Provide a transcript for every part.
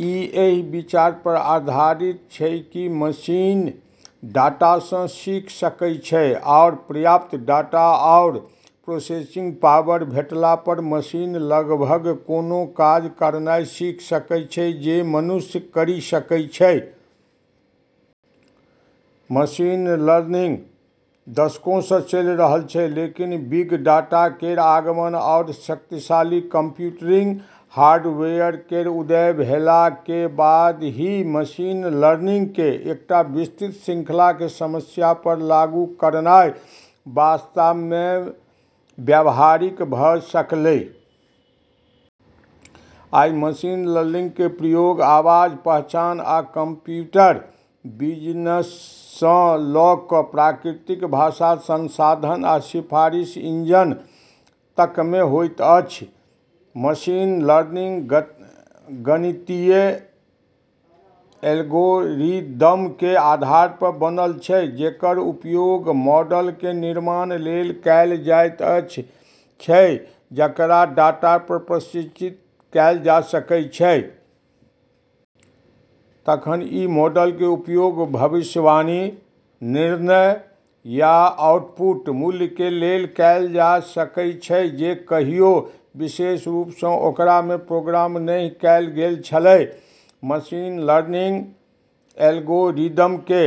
ई एहि विचार पर आधारित छै कि मशीन डाटासँ सीख सकै छै, आओर पर्याप्त डाटा आओर प्रोसेसिंग पावर भेटला पर मशीन लगभग कोनो काज करनाइ सीख सकै छै जे मनुष्य करि सकै छै। मशीन लर्निंग दशकोंसँ चलि रहल छै, लेकिन बिग डाटा केर आगमन आओर शक्तिशाली कंप्यूटिंग हार्डवेयर केर उदय भेलाके बाद ही मशीन लर्निंगके एकटा विस्तृत श्रृंखलाके समस्या पर लागू करनाइ वास्तवमे व्यावहारिक भ' सकलै । आइ मशीन लर्निंग के प्रयोग आवाज़ पहचान आ कम्प्यूटर विजनसँ ल' क' प्राकृतिक भाषा संसाधन आ सिफारिश इंजन तकमे होइत अछि। मशीन लर्निंग गणितीय एल्गोरिदमके आधार पर बनल छै जेकर उपयोग मॉडलके निर्माणके लेल कैल जाइत छै जेकरा डाटा पर प्रशिक्षित कैल जा सकै छै। तखन ई मॉडलके उपयोग भविष्यवाणी, निर्णय या आउटपुट मूल्यके लेल कैल जा सकै छै जे कहियो विशेष रूपसँ ओकरामे प्रोग्राम नहि कैल गेल छलै। मशीन लर्निंग एल्गोरिदमके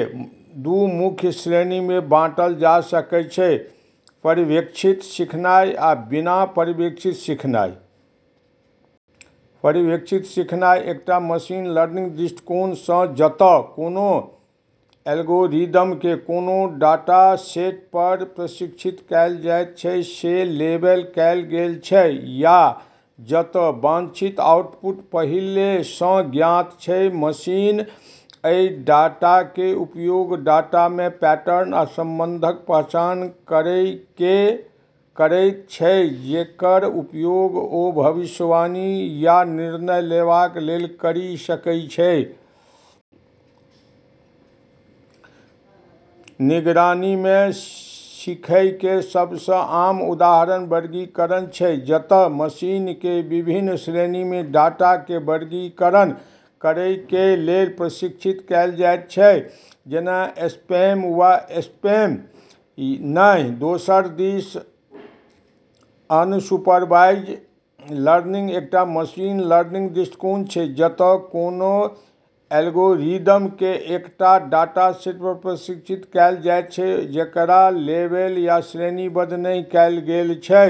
दू मुख्य श्रेणीमे बांटल जा सकै छै: पर्यवेक्षित सिखनाइ आ बिना पर्यवेक्षित सिखनाइ। पर्यवेक्षित सिखनाइ एकटा मशीन लर्निंग दृष्टिकोण छै जत' कोनो एल्गोरिदमके कोनो डाटासेट पर प्रशिक्षित कैल जायत छै जे लेबल कैल गेल छै, या जत' वांछित आउटपुट पहिले सँ ज्ञात छै। मशीन अइ डाटाके उपयोग डाटामे पैटर्न आ संबंधक पहचान करैके करैत छै जेकर उपयोग ओ भविष्यवाणी या निर्णय लेबाके लेल करि सकै छै। निगरानीमे सीखैके सबसँ आम उदाहरण वर्गीकरण छै, जत' मशीनके विभिन्न श्रेणीमे डाटाके वर्गीकरण करैके लेल प्रशिक्षित कैल जाइत छै, जेना स्पैम या स्पैम नहि। दोसर दिस, अनसुपरवाइज लर्निंग एकटा मशीन लर्निंग दृष्टिकोण छै जत' कोनो एल्गोरिदमके एकटा डाटासेट पर प्रशिक्षित कैल जाइत छै जेकरा लेबल या श्रेणीबद्ध नहि कैल गेल छै।